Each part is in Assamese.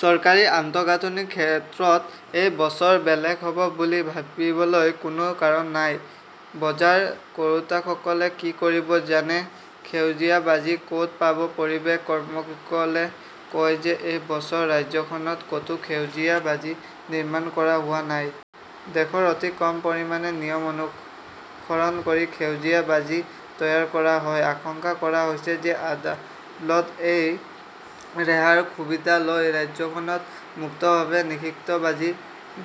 চৰকাৰী আন্তঃগাঁথনিৰ ক্ষেত্ৰত এই বছৰ বেলেগ হ'ব বুলি ভাবিবলৈ কোনো কাৰণ নাই। বজাৰ কৰোতাসকলে কি কৰিব জানে, সেউজীয়া বাজি ক'ত পাব? পৰিৱেশ কৰ্মীসকলে কয় যে এই বছৰ ৰাজ্যখনত ক'তো সেউজীয়া বাজি নিৰ্মাণ কৰা হোৱা নাই। দেশত অতি কম পৰিমাণে নিয়ম অনুসৰণ কৰি সেউজীয়া বাজি তৈয়াৰ কৰা হয়। আশংকা কৰা হৈছে যে আদালত এই ৰেহাইৰ সুবিধা লৈ ৰাজ্যখনত মুক্তভাৱে নিষিদ্ধ বাজি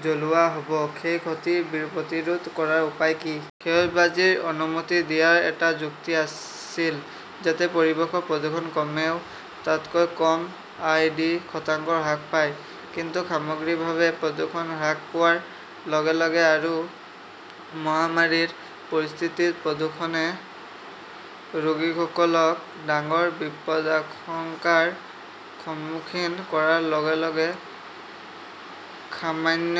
জ্বলোৱা হ'ব। সেই ক্ষতি প্ৰতিৰোধ কৰাৰ উপায় কি? সেউজ বাজিৰ অনুমতি দিয়াৰ এটা যুক্তি আছিল, যাতে পৰিৱেশৰ প্ৰদূষণ কমেও তাতকৈ কম আই. ডি. শতাংশ হ্ৰাস পায়। কিন্তু সামগ্ৰিকভাৱে প্ৰদূষণ হ্ৰাস পোৱাৰ লগে - লগে আৰু মহামাৰীৰ পৰিস্থিতিত প্ৰদূষণে ৰোগীসকলক ডাঙৰ বিপদাশংকাৰ সন্মুখীন কৰাৰ লগে লগে সামান্য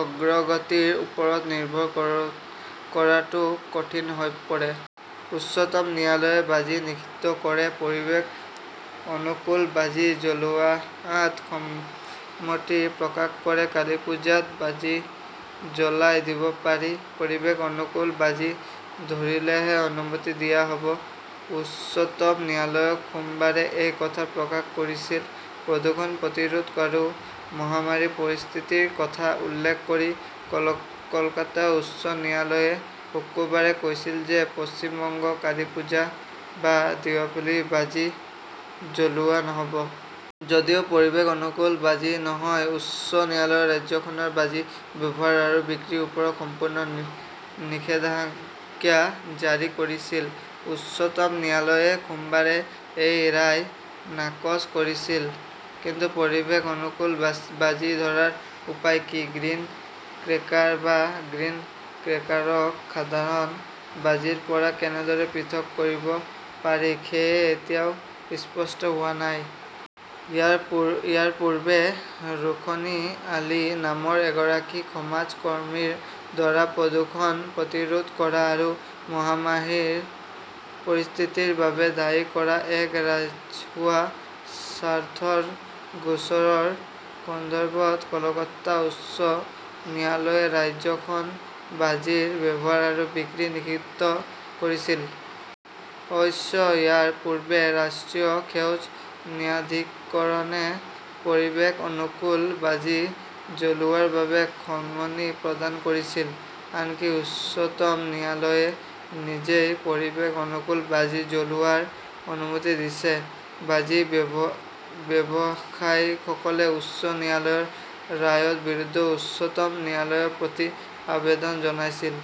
অগ্ৰগতিৰ ওপৰত নিৰ্ভৰ কৰাটো কঠিন হৈ পৰে। উচ্চতম ন্যায়ালয়ে বাজি নিষিদ্ধ কৰে, পৰিৱেশ অনুকূল বাজি জ্বলোৱাত সন্মতি প্ৰকাশ কৰে কালিপ্পুজাত বাজি জ্বলাই দিব পাৰি। পৰিৱেশ অনুকূল বাজি ধৰিলেহে অনুমতি দিয়া হ'ব। উচ্চতম ন্যায়ালয়ে সোমবাৰে এই কথা প্ৰকাশ কৰিছিল। প্ৰদূষণ প্ৰতিৰোধ আৰু মহামাৰীৰ পৰিস্থিতিৰ কথা উল্লেখ কৰি কলকাতা উচ্চ ন্যায়ালয়ে শুকুৰবাৰে কৈছিল যে পশ্চিম বংগত কালীপুজা বা দীপাৱলীৰ বাজি জ্বলোৱা নহ'ব। যদিও পৰিৱেশ-অনুকূল বাজি নহয়। উচ্চ ন্যায়ালয়ে ৰাজ্যখনত বাজি ব্যৱহাৰ আৰু বিক্ৰীৰ ওপৰত সম্পূৰ্ণ নিষেধাজ্ঞা জাৰি কৰিছিল। উচ্চতম ন্যায়ালয়ে সোমবাৰে এই ৰায় নাকচ কৰিছিল। কিন্তু পৰিৱেশ অনুকূল বাজি ধৰাৰ উপায় কি? গ্ৰীণ ক্ৰেকাৰ বা গ্ৰীণ ক্ৰেকাৰক সাধাৰণ বাজিৰ পৰা কেনেদৰে পৃথক কৰিব পাৰি সেয়ে এতিয়াও স্পষ্ট হোৱা নাই। ইয়াৰ পূৰ্বে, ৰোশনী আলী নামৰ এগৰাকী সমাজ কৰ্মীৰ দ্বাৰা প্ৰদূষণ প্ৰতিৰোধ কৰা আৰু মহামাহীৰ পৰিস্থিতিৰ বাবে দায়ী কৰা এক ৰাজহুৱা স্বাৰ্থৰ গোচৰৰ সন্দৰ্ভত কলকতা উচ্চ ন্যায়ালয়ে ৰাজ্যখনত বাজিৰ ব্যৱহাৰ আৰু বিক্ৰী নিষিদ্ধ কৰিছিল। অৱশ্য ইয়াৰ পূৰ্বে ৰাষ্ট্ৰীয় সেউজ ন্যায়াধিকৰণে পৰিৱেশ অনুকূল বাজি জ্বলোৱাৰ বাবে সন্মনি প্ৰদান কৰিছিল। আনকি উচ্চতম ন্যায়ালয়ে নিজেই পৰিৱেশ অনুকূল বাজি জ্বলোৱাৰ অনুমতি দিছে। বাজি ব্যৱসায়ীসকলে উচ্চ ন্যায়ালয়ৰ ৰায়ৰ বিৰুদ্ধে উচ্চতম ন্যায়ালয়ত প্ৰতি-আবেদন জনাইছিল।